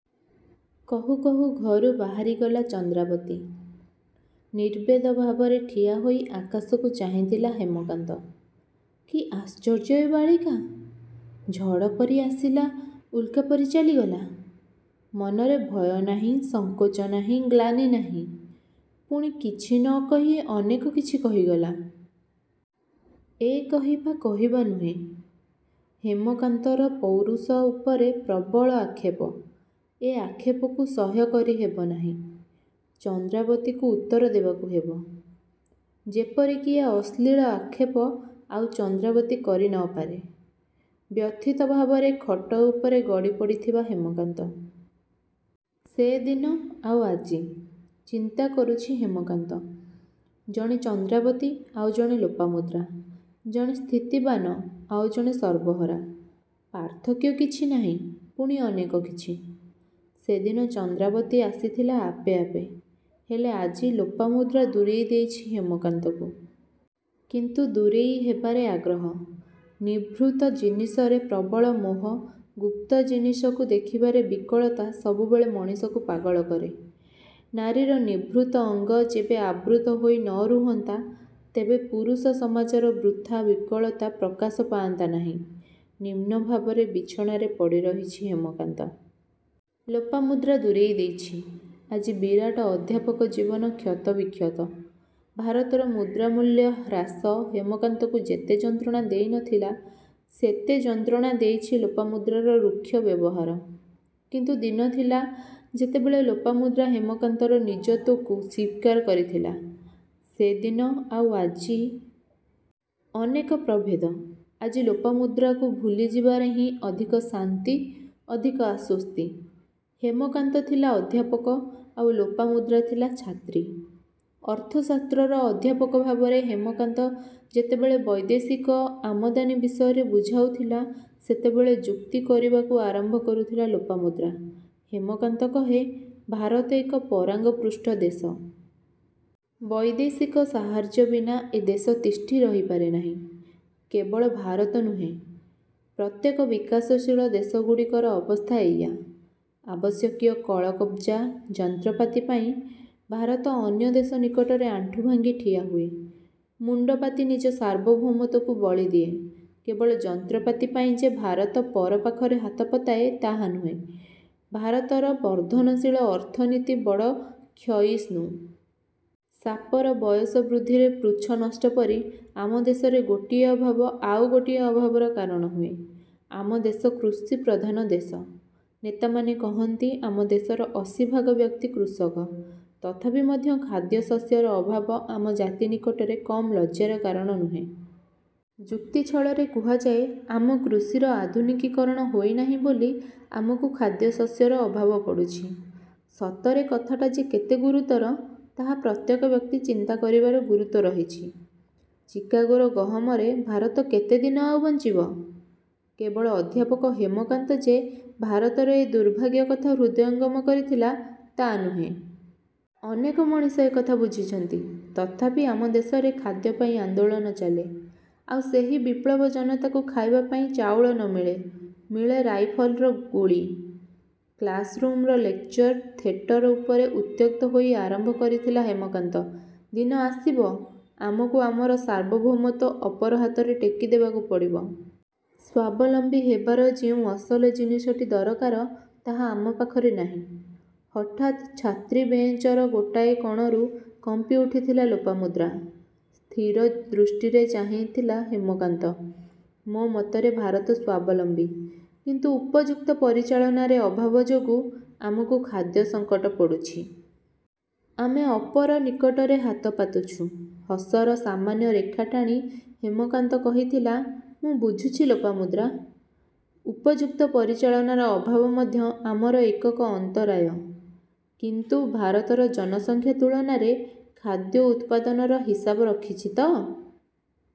କହୁ କହୁ ଘରୁ ବାହାରିଗଲା ଚନ୍ଦ୍ରାବତୀ। ନିର୍ବେଦ ଭାବରେ ଠିଆ ହୋଇ ଆକାଶକୁ ଚାହିଁଥିଲା ହେମକାନ୍ତ। କି ଆଶ୍ଚର୍ଯ୍ୟ ଏ ବାଳିକା? ଝଡ଼ ପରି ଆସିଲା.. ଉଲ୍କା ପରି ଚାଲିଗଲା। ମନରେ ଭୟ ନାହିଁ, ସଙ୍କୋଚ ନାହିଁ, ଗ୍ଳାନି ନାହିଁ। ପୁଣି କିଛି ନ କହି ଅନେକ କିଛି କହିଗଲା। ଏ କହିବା କହିବା ନୁହେଁ, ହେମକାନ୍ତର ପୌରୁଷ ଉପରେ ପ୍ରବଳ ଆକ୍ଷେପ। ଏ ଆକ୍ଷେପକୁ ସହ୍ୟ କରି ହେବ ନାହିଁ। ଚନ୍ଦ୍ରାବତୀକୁ ଉତ୍ତର ଦେବାକୁ ହେବ। ଯେପରି କି ଏ ଅଶ୍ଳୀଳ ଆକ୍ଷେପ ଆଉ ଚନ୍ଦ୍ରାବତୀ କରି ନ ପାରେ। ବ୍ୟଥିତ ଭାବରେ ଖଟ ଉପରେ ଗଡ଼ି ପଡ଼ିଥିବା ହେମକାନ୍ତ..। ସେ ଦିନ ଆଉ ଆଜି। ଚିନ୍ତା କରୁଛି ହେମକାନ୍ତ। ଜଣେ ଚନ୍ଦ୍ରାବତୀ ଆଉ ଜଣେ ଲୋପାମୁଦ୍ରା, ଜଣେ ସ୍ଥିତିବାନ ଆଉ ଜଣେ ସର୍ବହରା। ପାର୍ଥକ୍ୟ କିଛି ନାହିଁ, ପୁଣି ଅନେକ କିଛି। ସେ ଦିନ ଚନ୍ଦ୍ରାବତୀ ଆସିଥିଲା ଆପେ ଆପେ। ହେଲେ ଆଜି ଲୋପାମୁଦ୍ରା ଦୂରେଇ ଦେଇଛି ହେମକାନ୍ତକୁ। କିନ୍ତୁ ଦୂରେଇ ହେବାରେ ଆଗ୍ରହ। ନିଭୃତ ଜିନିଷରେ ପ୍ରବଳ ମୋହ, ଗୁପ୍ତ ଜିନିଷକୁ ଦେଖିବାରେ ବିକଳତା ସବୁବେଳେ ମଣିଷକୁ ପାଗଳ କରେ। ନାରୀର ନିଭୃତ ଅଙ୍ଗ ଯେବେ ଆବୃତ ହୋଇ ନ ରୁହନ୍ତା ତେବେ ପୁରୁଷ ସମାଜର ବୃଥା ବିକଳତା ପ୍ରକାଶ ପାଆନ୍ତା ନାହିଁ। ନିମ୍ନ ଭାବରେ ବିଛଣାରେ ପଡ଼ି ରହିଛି ହେମକାନ୍ତ। ଲୋପାମୁଦ୍ରା ଦୂରେଇ ଦେଇଛି। ଆଜି ବିରାଟ ଅଧ୍ୟାପକ ଜୀବନ କ୍ଷତବିକ୍ଷତ। ଭାରତର ମୁଦ୍ରାମୂଲ୍ୟ ହ୍ରାସ ହେମକାନ୍ତକୁ ଯେତେ ଯନ୍ତ୍ରଣା ଦେଇ ନ ଥିଲା, ସେତେ ଯନ୍ତ୍ରଣା ଦେଇଛି ଲୋପାମୁଦ୍ରାର ରୁକ୍ଷ ବ୍ୟବହାର। କିନ୍ତୁ ଦିନ ଥିଲା, ଯେତେବେଳେ ଲୋପାମୁଦ୍ରା ହେମକାନ୍ତର ନିଜତ୍ୱକୁ ସ୍ୱୀକାର କରିଥିଲା। ସେ ଦିନ ଆଉ ଆଜି.. ଅନେକ ପ୍ରଭେଦ। ଆଜି ଲୋପାମୁଦ୍ରାକୁ ଭୁଲିଯିବାରେ ହିଁ ଅଧିକ ଶାନ୍ତି, ଅଧିକ ଆଶ୍ୱସ୍ତି। ହେମକାନ୍ତ ଥିଲା ଅଧ୍ୟାପକ ଆଉ ଲୋପାମୁଦ୍ରା ଥିଲା ଛାତ୍ରୀ। ଅର୍ଥଶାସ୍ତ୍ରର ଅଧ୍ୟାପକ ଭାବରେ ହେମକାନ୍ତ ଯେତେବେଳେ ବୈଦେଶିକ ଆମଦାନୀ ବିଷୟରେ ବୁଝାଉଥିଲା-ସେତେବେଳେ ଯୁକ୍ତି କରିବାକୁ ଆରମ୍ଭ କରୁଥିଲା ଲୋପାମୁଦ୍ରା। ହେମକାନ୍ତ କହେ-ଭାରତ ଏକ ପରାଙ୍ଗପୃଷ୍ଟ ଦେଶ। ବୈଦେଶିକ ସାହାର୍ଯ୍ୟ ବିନା ଏ ଦେଶ ତିଷ୍ଠି ରହିପାରେ ନାହିଁ। କେବଳ ଭାରତ ନୁହେଁ-ପ୍ରତ୍ୟେକ ବିକାଶଶୀଳ ଦେଶଗୁଡ଼ିକର ଅବସ୍ଥା ଏଇଆ। ଆବଶ୍ୟକୀୟ କଳକବ୍ଜା, ଯନ୍ତ୍ରପାତି ପାଇଁ ଭାରତ ଅନ୍ୟ ଦେଶ ନିକଟରେ ଆଣ୍ଠୁ ଭାଙ୍ଗି ଠିଆ ହୁଏ। ମୁଣ୍ଡପାତି ନିଜ ସାର୍ବଭୌମତ୍ୱକୁ ବଳିଦିଏ। କେବଳ ଯନ୍ତ୍ରପାତି ପାଇଁ ଯେ ଭାରତ ପର ପାଖରେ ହାତ ପତାଏ ତାହା ନୁହେଁ, ଭାରତର ବର୍ଦ୍ଧନଶୀଳ ଅର୍ଥନୀତି ବଡ଼ କ୍ଷୟିଷ୍ଣୁ। ସାପର ବୟସ ବୃଦ୍ଧିରେ ପୃଚ୍ଛ ନଷ୍ଟ ପରି ଆମ ଦେଶରେ ଗୋଟିଏ ଅଭାବ ଆଉ ଗୋଟିଏ ଅଭାବର କାରଣ ହୁଏ। ଆମ ଦେଶ କୃଷିପ୍ରଧାନ ଦେଶ। ନେତାମାନେ କହନ୍ତି ଆମ ଦେଶର ଅଶୀଭାଗ ବ୍ୟକ୍ତି କୃଷକ। ତଥାପି ମଧ୍ୟ ଖାଦ୍ୟଶସ୍ୟର ଅଭାବ ଆମ ଜାତି ନିକଟରେ କମ୍ ଲଜ୍ଜାର କାରଣ ନୁହେଁ। ଯୁକ୍ତି ଛଳରେ କୁହାଯାଏ-ଆମ କୃଷିର ଆଧୁନିକୀକରଣ ହୋଇ ନାହିଁ ବୋଲି ଆମକୁ ଖାଦ୍ୟଶସ୍ୟର ଅଭାବ ପଡ଼ୁଛି। ସତରେ କଥାଟା ଯେ କେତେ ଗୁରୁତର, ତାହା ପ୍ରତ୍ୟେକ ବ୍ୟକ୍ତି ଚିନ୍ତା କରିବାର ଗୁରୁତ୍ୱ ରହିଛି। ଚିକାଗୋର ଗହମରେ ଭାରତ କେତେ ଦିନ ଆଉ ବଞ୍ଚିବ? କେବଳ ଅଧ୍ୟାପକ ହେମକାନ୍ତ ଯେ ଭାରତର ଏ ଦୁର୍ଭାଗ୍ୟ କଥା ହୃଦୟଙ୍ଗମ କରିଥିଲା ତା' ନୁହେଁ। ଅନେକ ମଣିଷ ଏ କଥା ବୁଝିଛନ୍ତି। ତଥାପି ଆମ ଦେଶରେ ଖାଦ୍ୟପାଇଁ ଆନ୍ଦୋଳନ ଚାଲେ। ଆଉ ସେହି ବିଳ୍ପବୀ ଜନତାକୁ ଖାଇବା ପାଇଁ ଚାଉଳ ନ ମିଳେ, ମିଳେ ରାଇଫଲ୍ର ଗୁଳି। କ୍ଲାସ୍ରୁମର ଲେକ୍ଚର ଥେଟର ଉପରେ ଉତ୍ତ୍ୟକ୍ତ ହୋଇ ଆରମ୍ଭ କରିଥିଲା ହେମକାନ୍ତ- ଦିନ ଆସିବ, ଆମକୁ ଆମର ସାର୍ବଭୌମତ୍ୱ ଅପର ହାତରେ ଟେକିଦେବାକୁ ପଡ଼ିବ। ସ୍ୱାବଲମ୍ବୀ ହେବାର ଯେଉଁ ଅସଲ ଜିନିଷଟି ଦରକାର, ତାହା ଆମ ପାଖରେ ନାହିଁ। ହଠାତ୍ ଛାତ୍ରୀ ବେଞ୍ଚର ଗୋଟାଏ କଣରୁ କମ୍ପି ଉଠିଥିଲା ଲୋପାମୁଦ୍ରା। ସ୍ଥିର ଦୃଷ୍ଟିରେ ଚାହିଁଥିଲା ହେମକାନ୍ତ। -ମୋ ମତରେ ଭାରତ ସ୍ୱାବଲମ୍ବୀ। କିନ୍ତୁ ଉପଯୁକ୍ତ ପରିଚାଳନାରେ ଅଭାବ ଯୋଗୁଁ ଆମକୁ ଖାଦ୍ୟସଙ୍କଟ ପଡ଼ୁଛି। ଆମେ ଅପର ନିକଟରେ ହାତ ପାତୁଛୁ। ହସର ସାମାନ୍ୟ ରେଖା ଟାଣି ହେମକାନ୍ତ କହିଥିଲା ମୁଁ ବୁଝୁଛି ଲୋପମୁଦ୍ରା। ଉପଯୁକ୍ତ ପରିଚାଳନାର ଅଭାବ ମଧ୍ୟ ଆମର ଏକକ ଅନ୍ତରାୟ। କିନ୍ତୁ ଭାରତର ଜନସଂଖ୍ୟା ତୁଳନାରେ ଖାଦ୍ୟ ଉତ୍ପାଦନର ହିସାବ ରଖିଛି ତ?